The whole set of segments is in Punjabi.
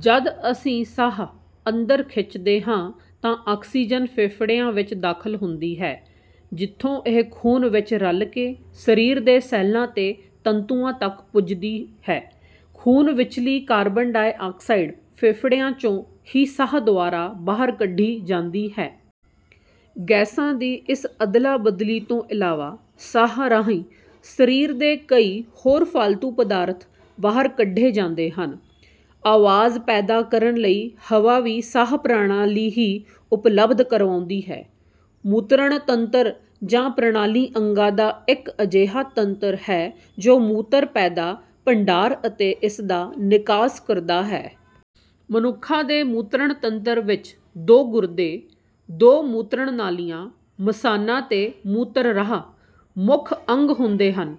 ਜਦ ਅਸੀਂ ਸਾਹ, ਅੰਦਰ ਖਿੱਚਦੇ ਹਾਂ ਤਾਂ ਆਕਸੀਜਨ ਫੇਫੜਿਆਂ ਵਿੱਚ ਦਾਖ਼ਲ ਹੁੰਦੀ ਹੈ ਜਿੱਥੋਂ ਇਹ ਖ਼ੂਨ ਵਿੱਚ ਰਲ ਕੇ ਸਰੀਰ ਦੇ ਸੈੱਲਾਂ ਤੇ ਤੰਤੂਆਂ ਤੱਕ ਪੁੱਜਦੀ ਹੈ। ਖ਼ੂਨ ਵਿਚਲੀ ਕਾਰਬਨ ਡਾਇਆਕਸਾਈਡ ਫੇਫੜਿਆਂ 'ਚੋਂ ਹੀ ਸਾਹ ਦੁਆਰਾ ਬਾਹਰ ਕੱਢੀ ਜਾਂਦੀ ਹੈ। ਗੈਸਾਂ ਦੀ ਇਸ ਅਦਲਾ-ਬਦਲੀ ਤੋਂ ਇਲਾਵਾ, ਸਾਹ ਰਾਹੀਂ ਸਰੀਰ ਦੇ ਕਈ ਹੋਰ ਫਾਲਤੂ ਪਦਾਰਥ ਬਾਹਰ ਕੱਢੇ ਜਾਂਦੇ ਹਨ। ਆਵਾਜ਼ ਪੈਦਾ ਕਰਨ ਲਈ ਹਵਾ ਵੀ ਸਾਹ ਪ੍ਰਣਾਲੀ ਹੀ ਉਪਲਬਧ ਕਰਵਾਉਂਦੀ ਹੈ। ਮੂਤਰਣ ਤੰਤਰ ਜਾਂ ਪ੍ਰਣਾਲੀ ਅੰਗਾਂ ਦਾ ਇੱਕ ਅਜਿਹਾ ਤੰਤਰ ਹੈ ਜੋ ਮੂਤਰ ਪੈਦਾ, ਭੰਡਾਰ ਅਤੇ ਇਸ ਦਾ ਨਿਕਾਸ ਕਰਦਾ ਹੈ। ਮਨੁੱਖਾਂ ਦੇ ਮੂਤਰਣ ਤੰਤਰ ਵਿੱਚ ਦੋ ਗੁਰਦੇ, ਦੋ ਮੂਤਰਣ ਨਾਲੀਆਂ, ਮਸਾਨਾ ਤੇ ਮੂਤਰ ਰਾਹ, ਮੁੱਖ ਅੰਗ ਹੁੰਦੇ ਹਨ।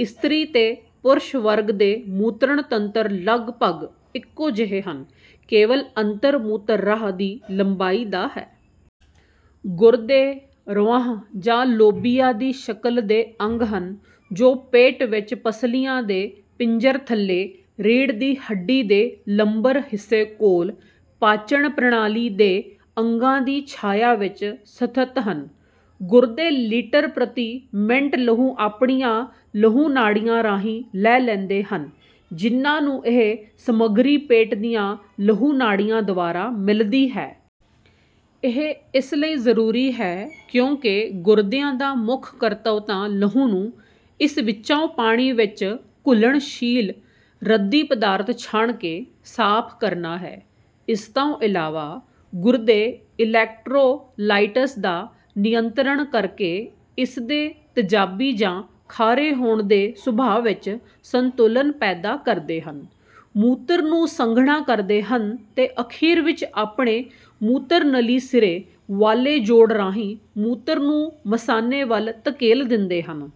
ਇਸਤਰੀ ਤੇ ਪੁਰਸ਼ ਵਰਗ ਦੇ ਮੂਤਰਣ ਤੰਤਰ ਲਗਭਗ ਇਕੋ ਜਿਹੇ ਹਨ, ਕੇਵਲ ਅੰਤਰ ਮੂਤਰ ਰਾਹ ਦੀ ਲੰਬਾਈ ਦਾ ਹੈ। ਗੁਰਦੇ ,ਰਵਾਂਹ ਜਾਂ ਲੋਬੀਆ ਦੀ ਸ਼ਕਲ ਦੇ ਅੰਗ ਹਨ ਜੋ ਪੇਟ ਵਿੱਚ ਪਸਲੀਆਂ ਦੇ ਪਿੰਜਰ ਥੱਲੇ, ਰੀੜ ਦੀ ਹੱਡੀ ਦੇ ਲੰਬਰ ਹਿੱਸੇ ਕੋਲ, ਪਾਚਣ ਪ੍ਰਣਾਲੀ ਦੇ ਅੰਗਾਂ ਦੀ ਛਾਇਆ ਵਿੱਚ ਸਥਿਤ ਹਨ। ਗੁਰਦੇ ਲਿਟਰ ਪ੍ਰਤੀ ਮਿੰਟ ਲਹੂ ਆਪਣੀਆਂ ਲਹੂ ਨਾੜੀਆਂ ਰਾਹੀਂ ਲੈ ਲੈਂਦੇ ਹਨ ਜਿਨ੍ਹਾਂ ਨੂੰ ਇਹ ਸਮੱਗਰੀ ਪੇਟ ਦੀਆਂ ਲਹੂ ਨਾੜੀਆਂ ਦਵਾਰਾ ਮਿਲਦੀ ਹੈ। ਇਹ ਇਸ ਲਈ ਜ਼ਰੂਰੀ ਹੈ, ਕਿਉਂਕਿ ਗੁਰਦਿਆਂ ਦਾ ਮੁੱਖ ਕਰਤਵ ਤਾਂ ਲਹੂ ਨੂੰ ,ਇਸ ਵਿਚੌਂ ਪਾਣੀ ਵਿੱਚ ਘੁਲਣਸ਼ੀਲ ਰੱਦੀ ਪਦਾਰਥ ਛਾਣ ਕੇ, ਸਾਫ਼ ਕਰਨਾ ਹੈ। ਇਸ ਤੌਂ ਇਲਾਵਾ ਗੁਰਦੇ ਈਲੈਕਟਰੋਲਾਈਟਸ ਦਾ ਨਿਯੰਤਰਣ ਕਰ ਕੇ ਇਸ ਦੇ ਤਿਜਾਬੀ ਜਾਂ ਖਾਰੇ ਹੋਣ ਦੇ ਸੁਭਾਅ ਵਿੱਚ ਸੰਤੁਲਨ ਪੈਦਾ ਕਰਦੇ ਹਨ, ਮੂਤਰ ਨੂੰ ਸੰਘਣਾ ਕਰਦੇ ਹਨ ਤੇ ਅਖੀਰ ਵਿੱਚ ਆਪਣੇ ਮੂਤਰਨਲੀ ਸਿਰੇ ਵਾਲੇ ਜੋੜ ਰਾਹੀਂ ਮੂਤਰ ਨੂੰ ਮਸਾਨੇ ਵਲ ਧਕੇਲ ਦਿੰਦੇ ਹਨ।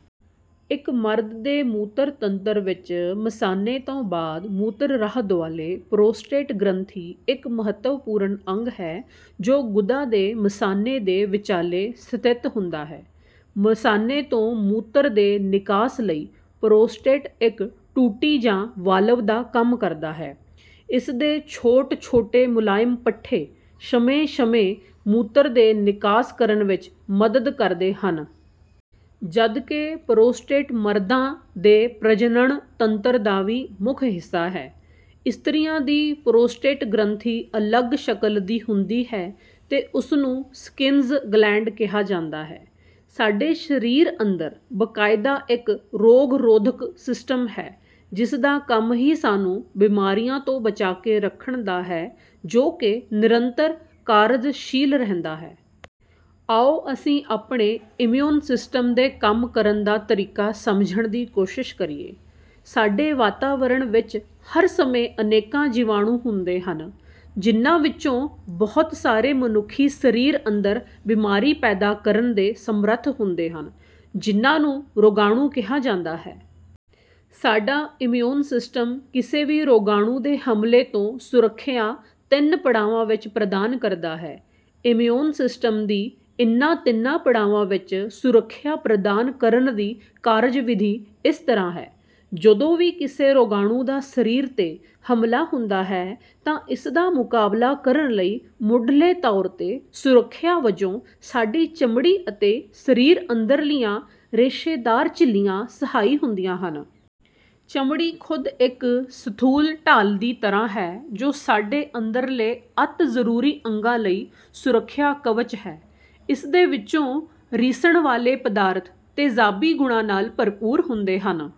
ਇਕ ਮਰਦ ਦੇ ਮੂਤਰ ਤੰਤਰ ਵਿੱਚ ਮਸਾਨੇ ਤੌੰ ਬਾਦ ਮੂਤਰ ਰਾਹ ਦੁਆਲੇ ਪਰੋਸਟੇਟ ਗ੍ਰੰਥੀ ਇੱਕ ਮਹੱਤਵ ਪੂਰਨ ਅੰਗ ਹੈ ਜੋ ਗੁਦਾ ਤੇ ਮਸਾਨੇ ਦੇ ਵਿਚਾਲੇ ਸਥਿਤ ਹੁੰਦਾ ਹੈ। ਮਸਾਨੇ ਤੋਂ ਮੂਤਰ ਦੇ ਨਿਕਾਸ ਲਈ ਪਰੋਸਟੇਟ ਇੱਕ ਟੂਟੀ ਜਾਂ ਵਾਲਵ ਦਾ ਕੰਮ ਕਰਦਾ ਹੈ, ਇਸ ਦੇ ਛੋਟ ਛੋਟੇ ਮੁਲਾਇਮ ਪੱਠੇ ,ਸਮੇਂ ਸਮੇਂ ਮੂਤਰ ਦੇ ਨਿਕਾਸ ਕਰਨ ਵਿੱਚ ਮਦਦ ਕਰਦੇ ਹਨ। ਜਦ ਕਿ ਪਰੋਸਟੇਟ ਮਰਦਾਂ ਦੇ ਪ੍ਰਜਨਣ ਤੰਤਰ ਦਾ ਵੀ ਮੁਖ ਹਿੱਸਾ ਹੈ। ਇਸਤ੍ਰੀਆਂ ਦੀ ਪਰੋਸਟੇਟ ਗ੍ਰੰਥੀ ਅਲੱਗ ਸ਼ਕਲ ਦੀ ਹੁੰਦੀ ਹੈ ਤੇ ਉਸ ਨੂੰ ਸਕਿਨਜ਼ ਗਲੈਂਡ ਕਿਹਾ ਜਾਂਦਾ ਹੈ। ਸਾਡੇ ਸਰੀਰ ਅੰਦਰ ਬਕਾਇਦਾ ਇੱਕ ਰੋਗ-ਰੋਧਕ ਸਿਸਟਮ ਹੈ ਜਿਸਦਾ ਕੰਮ ਹੀ ਸਾਨੂੰ ਬੀਮਾਰੀਆਂ ਤੋਂ ਬਚਾ ਕੇ ਰੱਖਣ ਦਾ ਹੈ ਜੋ ਕਿ ਨਿਰੰਤਰ ਕਾਰਜਸ਼ੀਲ ਰਹਿੰਦਾ ਹੈ। ਆਓ ਅਸੀਂ ਆਪਣੇ ਇਮਿਊਨ ਸਿਸਟਮ ਦੇ ਕੰਮ ਕਰਨ ਦਾ ਤਰੀਕਾ ਸਮਝਣ ਦੀ ਕੋਸ਼ਿਸ ਕਰੀਏ। ਸਾਡੇ ਵਾਤਾਵਰਣ ਵਿੱਚ ਹਰ ਸਮੇਂ ਅਨੇਕਾਂ ਜੀਵਾਣੂ ਹੁੰਦੇ ਹਨ, ਜਿਨ੍ਹਾਂ ਵਿੱਚੋਂ ਬਹੁਤ ਸਾਰੇ ਮਨੁੱਖੀ ਸਰੀਰ ਅੰਦਰ ਬਿਮਾਰੀ ਪੈਦਾ ਕਰਨ ਦੇ ਸਮਰੱਥ ਹੁੰਦੇ ਹਨ, ਜਿਨ੍ਹਾਂ ਨੂੰ ਰੋਗਾਣੂ ਕਿਹਾ ਜਾਂਦਾ ਹੈ। ਸਾਡਾ ਇਮਿਊਨ ਸਿਸਟਮ ਕਿਸੇ ਵੀ ਰੋਗਾਣੂ ਦੇ ਹਮਲੇ ਤੋਂ ਸੁਰੱਖਿਆ ਤਿੰਨ ਪੜਾਵਾਂ ਵਿੱਚ ਪ੍ਰਦਾਨ ਕਰਦਾ ਹੈ। ਇਮਿਊਨ ਸਿਸਟਮ ਦੀ ਇਨ੍ਹਾਂ ਤਿੰਨਾਂ ਪੜਾਵਾਂ ਵਿੱਚ ਸੁਰੱਖਿਆ ਪ੍ਰਦਾਨ ਕਰਨ ਦੀ ਕਾਰਜ-ਵਿਧੀ ਇਸ ਤਰ੍ਹਾਂ ਹੈ। ਜਦੋਂ ਵੀ ਕਿਸੇ ਰੋਗਾਣੂ ਦਾ ਸਰੀਰ 'ਤੇ ਹਮਲਾ ਹੁੰਦਾ ਹੈ ਤਾਂ ਇਸਦਾ ਮੁਕਾਬਲਾ ਕਰਨ ਲਈ ਮੁਢਲੇ ਤੌਰ 'ਤੇ ਸੁਰੱਖਿਆ ਵਜੋਂ ਸਾਡੀ ਚਮੜੀ ਅਤੇ ਸਰੀਰ ਅੰਦਰਲੀਆਂ ਰੇਸ਼ੇਦਾਰ ਝਿੱਲੀਆਂ ਸਹਾਈ ਹੁੰਦੀਆਂ ਹਨ। ਚਮੜੀ ਖੁਦ ਇੱਕ ਸਥੂਲ ਢਾਲ ਦੀ ਤਰ੍ਹਾਂ ਹੈ ਜੋ ਸਾਡੇ ਅੰਦਰਲੇ ਅਤਿ ਜ਼ਰੂਰੀ ਅੰਗਾਂ ਲਈ ਸੁਰੱਖਿਆ ਕਵਚ ਹੈ। ਇਸਦੇ ਵਿੱਚੋਂ ਰਿਸਣ ਵਾਲੇ ਪਦਾਰਥ ਤੇਜ਼ਾਬੀ ਗੁਣਾਂ ਨਾਲ ਭਰਪੂਰ ਹੁੰਦੇ ਹਨ।